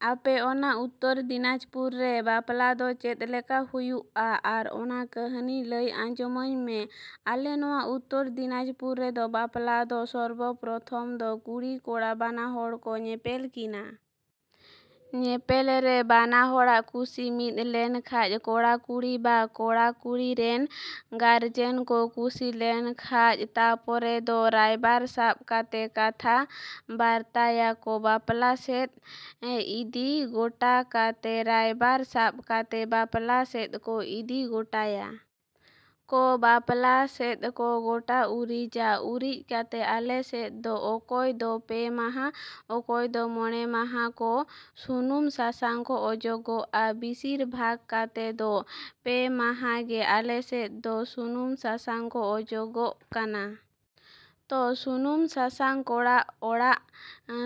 ᱟᱯᱮ ᱚᱱᱟ ᱩᱛᱛᱚᱨ ᱫᱤᱱᱟᱡᱽᱯᱩᱨ ᱨᱮ ᱵᱟᱯᱞᱟ ᱫᱚ ᱪᱮᱫ ᱞᱮᱠᱟ ᱦᱩᱭᱩᱜᱼᱟ? ᱟᱨ ᱚᱱᱟ ᱠᱟᱹᱦᱱᱤ ᱞᱟᱹᱭ ᱟᱸᱡᱚᱢᱟᱹᱧ ᱢᱮ᱾ ᱟᱞᱮ ᱱᱚᱣᱟ ᱩᱛᱛᱚᱨ ᱫᱤᱱᱟᱡᱽᱯᱩᱨ ᱨᱮᱫᱚ ᱵᱟᱯᱞᱟ ᱫᱚ ᱥᱚᱨᱵᱚ ᱯᱨᱚᱛᱷᱚᱢ ᱫᱚ ᱠᱩᱲᱤ, ᱠᱚᱲᱟ ᱵᱟᱱᱟ ᱦᱚᱲ ᱠᱚ ᱧᱮᱯᱮᱞ ᱠᱤᱱᱟᱹ᱾ ᱧᱮᱯᱮᱞ ᱨᱮ ᱵᱟᱱᱟ ᱦᱚᱲᱟᱜ ᱠᱩᱥᱤ ᱢᱤᱫ ᱞᱮᱱᱠᱷᱟᱡ ᱠᱚᱲᱟ, ᱠᱩᱲᱤ ᱵᱟ ᱠᱚᱲᱟ, ᱠᱩᱲᱤ ᱨᱤᱱ ᱜᱟᱨᱡᱮᱱ ᱠᱚ ᱠᱩᱥᱤ ᱞᱮᱱᱠᱷᱟᱡ ᱛᱟᱯᱚᱨᱮ ᱫᱚ ᱨᱟᱭᱵᱟᱨ ᱥᱟᱵ ᱠᱟᱛᱮ ᱠᱟᱛᱷᱟ ᱵᱟᱨᱛᱟᱭᱟᱠᱚ ᱵᱟᱯᱞᱟ ᱥᱮᱫ ᱤᱫᱤ ᱜᱚᱴᱟ ᱠᱟᱛᱮ᱾ ᱨᱟᱭᱵᱟᱨ ᱥᱟᱵ ᱠᱟᱛᱮ ᱵᱟᱯᱞᱟ ᱥᱮᱫ ᱠᱚ ᱤᱫᱤ ᱜᱚᱴᱟᱭᱟ᱾ ᱠᱚ, ᱵᱟᱯᱞᱟ ᱥᱮᱫ ᱠᱚ ᱜᱚᱴᱟ ᱩᱨᱤᱡᱟ᱾ ᱩᱨᱤᱡ ᱠᱟᱛᱮ ᱟᱞᱮ ᱥᱮᱫ ᱫᱚ ᱚᱠᱚᱭ ᱫᱚ ᱯᱮ ᱢᱟᱦᱟ, ᱚᱠᱚᱭ ᱫᱚ ᱢᱚᱬᱮ ᱢᱟᱦᱟ ᱠᱚ ᱥᱩᱱᱩᱢ ᱥᱟᱥᱟᱝ ᱠᱚ ᱚᱡᱚᱜᱚᱜᱼᱟ᱾ ᱵᱤᱥᱤᱨ ᱵᱷᱟᱜᱽ ᱠᱟᱛᱮ ᱫᱚ ᱯᱮ ᱢᱟᱦᱟ ᱜᱮ ᱟᱞᱮ ᱥᱮᱫ ᱫᱚ ᱥᱩᱱᱩᱢ ᱥᱟᱥᱟᱝ ᱠᱚ ᱚᱡᱚᱜᱚᱜ ᱠᱟᱱᱟ᱾ ᱛᱚ ᱥᱩᱱᱩᱢ ᱥᱟᱥᱟᱝ ᱠᱚᱲᱟ ᱚᱲᱟᱜ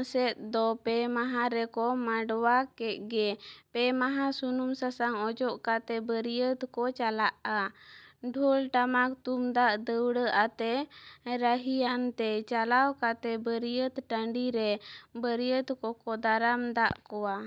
ᱥᱮᱫ ᱫᱚ ᱯᱮ ᱢᱟᱦᱟ ᱨᱮᱠᱚ ᱢᱟᱰᱣᱟ ᱠᱮᱜ ᱜᱮ᱾ ᱯᱮ ᱢᱟᱦᱟ ᱥᱩᱱᱩᱢ ᱥᱟᱥᱟᱝ ᱚᱡᱚᱜ ᱠᱟᱛᱮ ᱵᱟᱹᱨᱭᱟᱹᱛ ᱠᱚ ᱪᱟᱞᱟᱜᱼᱟ᱾ ᱰᱷᱳᱞ ᱴᱟᱢᱟᱠ ᱫᱩᱢᱫᱟᱜ ᱫᱟᱹᱣᱲᱟᱹ ᱟᱛᱮ, ᱨᱟᱹᱦᱤᱭᱟᱱᱛᱮ᱾ ᱪᱟᱞᱟᱣ ᱠᱟᱛᱮ ᱵᱟᱹᱨᱭᱟᱹᱛ ᱴᱟᱺᱰᱤ ᱨᱮ ᱵᱟᱹᱨᱭᱟᱹᱛ ᱠᱚᱠᱚ ᱫᱟᱨᱟᱢ ᱫᱟᱜ ᱠᱚᱣᱟ᱾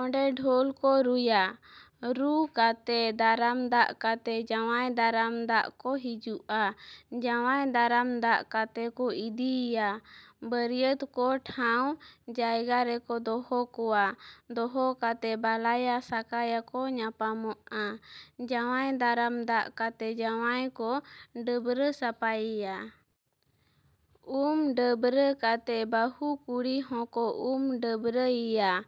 ᱚᱸᱰᱮ ᱰᱷᱳᱞ ᱠᱚ ᱨᱩᱭᱟ᱾ ᱨᱩ ᱠᱟᱛᱮ ᱫᱟᱨᱟᱢ ᱫᱟᱜ ᱠᱟᱛᱮ ᱡᱟᱶᱟᱭ ᱫᱟᱨᱟᱢ ᱫᱟᱜ ᱠᱚ ᱦᱟᱹᱡᱩᱜᱼᱟ᱾ ᱡᱟᱶᱟᱭ ᱫᱟᱨᱟᱢ ᱫᱟᱜ ᱠᱟᱛᱮ ᱠᱚ ᱤᱫᱤᱭᱮᱭᱟ᱾ ᱵᱟᱹᱨᱭᱟᱹᱛ ᱠᱚ ᱴᱷᱟᱶ ᱡᱟᱭᱜᱟ ᱨᱮᱠᱚ ᱫᱚᱦᱚ ᱠᱚᱣᱟ᱾ ᱫᱚᱦᱚ ᱠᱟᱛᱮ ᱵᱟᱞᱟᱭᱟᱼᱥᱟᱠᱟᱭᱟ ᱠᱚ ᱧᱟᱯᱟᱢᱚᱜᱼᱟ᱾ ᱡᱟᱶᱟᱭ ᱫᱟᱨᱟᱢ ᱫᱟᱜ ᱠᱟᱛᱮ ᱡᱟᱶᱟᱭ ᱠᱚ ᱰᱟᱹᱵᱨᱟᱹ ᱥᱟᱯᱟᱭᱮᱭᱟ᱾ ᱩᱢᱼᱰᱟᱵᱨᱟᱹ ᱠᱟᱛᱮ ᱵᱟᱹᱦᱩ ᱠᱩᱲᱤ ᱦᱚᱸᱠᱚ ᱩᱢᱼᱰᱟᱹᱵᱨᱟᱹᱭᱮᱭᱟ᱾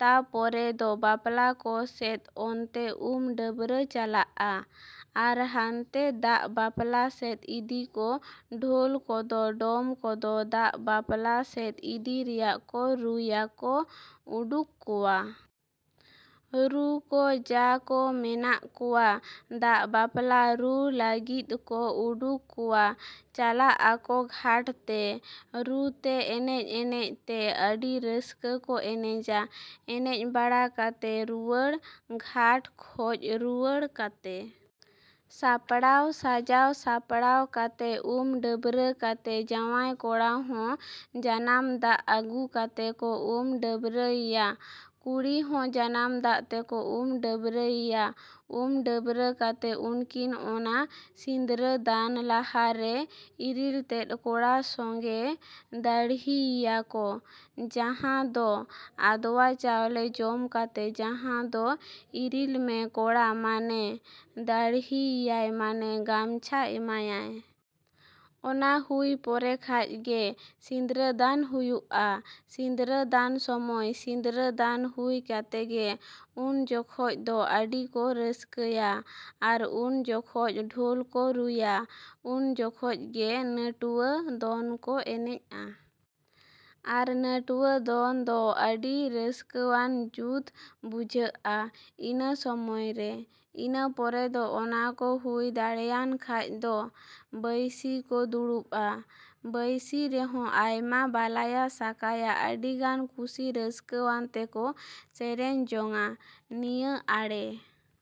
ᱛᱟᱯᱚᱨᱮ ᱫᱚ ᱵᱟᱯᱞᱟ ᱠᱚ ᱥᱮᱫ ᱚᱱᱛᱮ ᱩᱢᱼᱰᱟᱹᱵᱨᱟᱹ ᱪᱟᱞᱟᱜᱼᱟ᱾ ᱟᱨ ᱦᱟᱱᱛᱮ ᱫᱟᱜ ᱵᱟᱯᱞᱟ ᱥᱮᱫ ᱤᱫᱤ ᱠᱚ ᱰᱷᱳᱞ ᱠᱚᱫᱚ, ᱰᱚᱢ ᱠᱚᱫᱚ ᱫᱟᱜ ᱵᱟᱯᱞᱟ ᱥᱮᱫ ᱤᱫᱤ ᱨᱮᱭᱟᱜ ᱠᱚ ᱨᱩᱭᱟ ᱠᱚ, ᱩᱰᱩᱠ ᱠᱚᱣᱟ᱾ ᱨᱩ ᱠᱚ ᱡᱟ ᱠᱚ ᱢᱮᱱᱟᱜ ᱠᱚᱣᱟ, ᱫᱟᱜ ᱵᱟᱯᱞᱟ ᱨᱩ ᱞᱟᱹᱜᱤᱫ ᱠᱚ ᱩᱰᱩᱠ ᱠᱚᱣᱟ, ᱪᱟᱞᱟᱜᱼᱟᱠᱚ ᱜᱷᱟᱴ ᱛᱮ᱾ ᱨᱩ ᱛᱮ, ᱮᱱᱮᱡ ᱮᱱᱮᱡ ᱛᱮ, ᱟᱹᱰᱤ ᱨᱟᱹᱥᱠᱟᱹ ᱠᱚ ᱮᱱᱮᱡᱟ, ᱮᱱᱮᱡ ᱵᱟᱲᱟ ᱠᱟᱛᱮ ᱨᱩᱣᱟᱹᱲ, ᱜᱷᱟᱴ ᱠᱷᱚᱡᱽ ᱨᱩᱣᱟᱹᱲ ᱠᱟᱛᱮ ᱥᱟᱯᱲᱟᱣ, ᱥᱟᱡᱟᱣ ᱥᱟᱯᱲᱟᱣ ᱠᱟᱛᱮ, ᱩᱢ ᱰᱟᱹᱵᱨᱟᱹ ᱠᱟᱛᱮ ᱡᱟᱶᱟᱭ ᱠᱚᱲᱟ ᱦᱚᱸ ᱡᱟᱱᱟᱢ ᱫᱟᱜ ᱟᱹᱜᱩ ᱠᱟᱛᱮ ᱠᱚ ᱩᱢ ᱰᱟᱹᱵᱨᱟᱹᱭᱮᱭᱟ, ᱠᱩᱲᱤ ᱦᱚᱸ ᱡᱟᱱᱟᱢ ᱫᱟᱜ ᱛᱮᱠᱚ ᱩᱢᱼᱰᱟᱹᱵᱨᱟᱹᱭᱮᱭᱟ, ᱩᱢᱼᱰᱟᱹᱵᱨᱟᱹ ᱠᱟᱛᱮ ᱩᱱᱠᱤᱱ ᱚᱱᱟ ᱥᱤᱸᱫᱽᱨᱟᱹ ᱫᱟᱱ ᱞᱟᱦᱟ ᱨᱮ ᱤᱨᱤᱞ ᱛᱮᱫ ᱠᱚᱲᱟ ᱥᱚᱸᱜᱮ ᱫᱟᱲᱦᱤᱭᱮᱭᱟ ᱠᱚ ᱡᱟᱦᱟᱸ ᱫᱚ ᱟᱫᱚᱣᱟ ᱪᱟᱣᱞᱮ ᱡᱚᱢ ᱠᱟᱛᱮ ᱡᱟᱦᱟᱸ ᱫᱚ ᱤᱨᱤᱞ ᱢᱮ ᱠᱚᱲᱟ ᱢᱟᱱᱮ ᱫᱟᱲᱦᱤᱭᱮᱭᱟᱭ ᱢᱟᱱᱮ ᱜᱟᱢᱪᱷᱟ ᱮᱢᱟᱭᱟᱭ᱾ ᱚᱱᱟ ᱦᱩᱭ ᱯᱚᱨᱮ ᱠᱷᱟᱡ ᱜᱮ ᱥᱤᱸᱫᱽᱨᱟᱹ ᱫᱟᱱ ᱦᱩᱭᱩᱜᱼᱟ᱾ ᱥᱤᱸᱫᱽᱨᱟᱹ ᱫᱟᱱ ᱥᱚᱢᱚᱭ, ᱥᱤᱸᱫᱽᱨᱟᱹ ᱫᱟᱱ ᱦᱩᱭ ᱠᱟᱛᱮ ᱜᱮ ᱩᱱ ᱡᱚᱠᱷᱚᱡ ᱫᱚ ᱟᱹᱰᱤ ᱠᱚ ᱨᱟᱹᱥᱠᱟᱹᱭᱟ᱾ ᱟᱨ ᱩᱱ ᱡᱚᱠᱷᱚᱡ ᱰᱷᱚᱞ ᱠᱚ ᱨᱩᱭᱟ, ᱩᱱ ᱡᱚᱠᱷᱚᱡ ᱜᱮ ᱱᱟᱹᱴᱣᱟᱹ ᱫᱚᱱ ᱠᱚ ᱮᱱᱮᱡᱼᱟ᱾ ᱟᱨ ᱱᱟᱹᱴᱣᱟᱹ ᱫᱚᱱ ᱫᱚ ᱟᱹᱰᱤ ᱨᱟᱹᱥᱠᱟᱹᱣᱟᱱ ᱡᱩᱛ ᱵᱩᱡᱷᱟᱹᱜᱼᱟ ᱤᱱᱟᱹ ᱥᱚᱢᱚᱭ ᱨᱮ᱾ ᱤᱱᱟᱹ ᱯᱚᱨᱮ ᱫᱚ ᱚᱱᱟ ᱠᱚ ᱦᱩᱭ ᱵᱟᱲᱟᱭᱮᱱ ᱠᱷᱟᱡ ᱫᱚ ᱵᱟᱹᱭᱥᱤ ᱠᱚ ᱫᱩᱲᱩᱵᱼᱟ᱾ ᱵᱟᱭᱥᱤ ᱨᱮᱦᱚᱸ ᱟᱭᱢᱟ ᱵᱟᱞᱟᱭᱟᱼᱥᱟᱠᱟᱭᱟ ᱟᱹᱰᱤᱜᱟᱱ ᱠᱩᱥᱤ ᱨᱟᱹᱥᱠᱟᱹᱣᱟᱱ ᱛᱮᱠᱚ ᱥᱮᱨᱮᱧ ᱡᱚᱝᱟ᱾ ᱱᱤᱭᱟᱹ ᱟᱲᱮ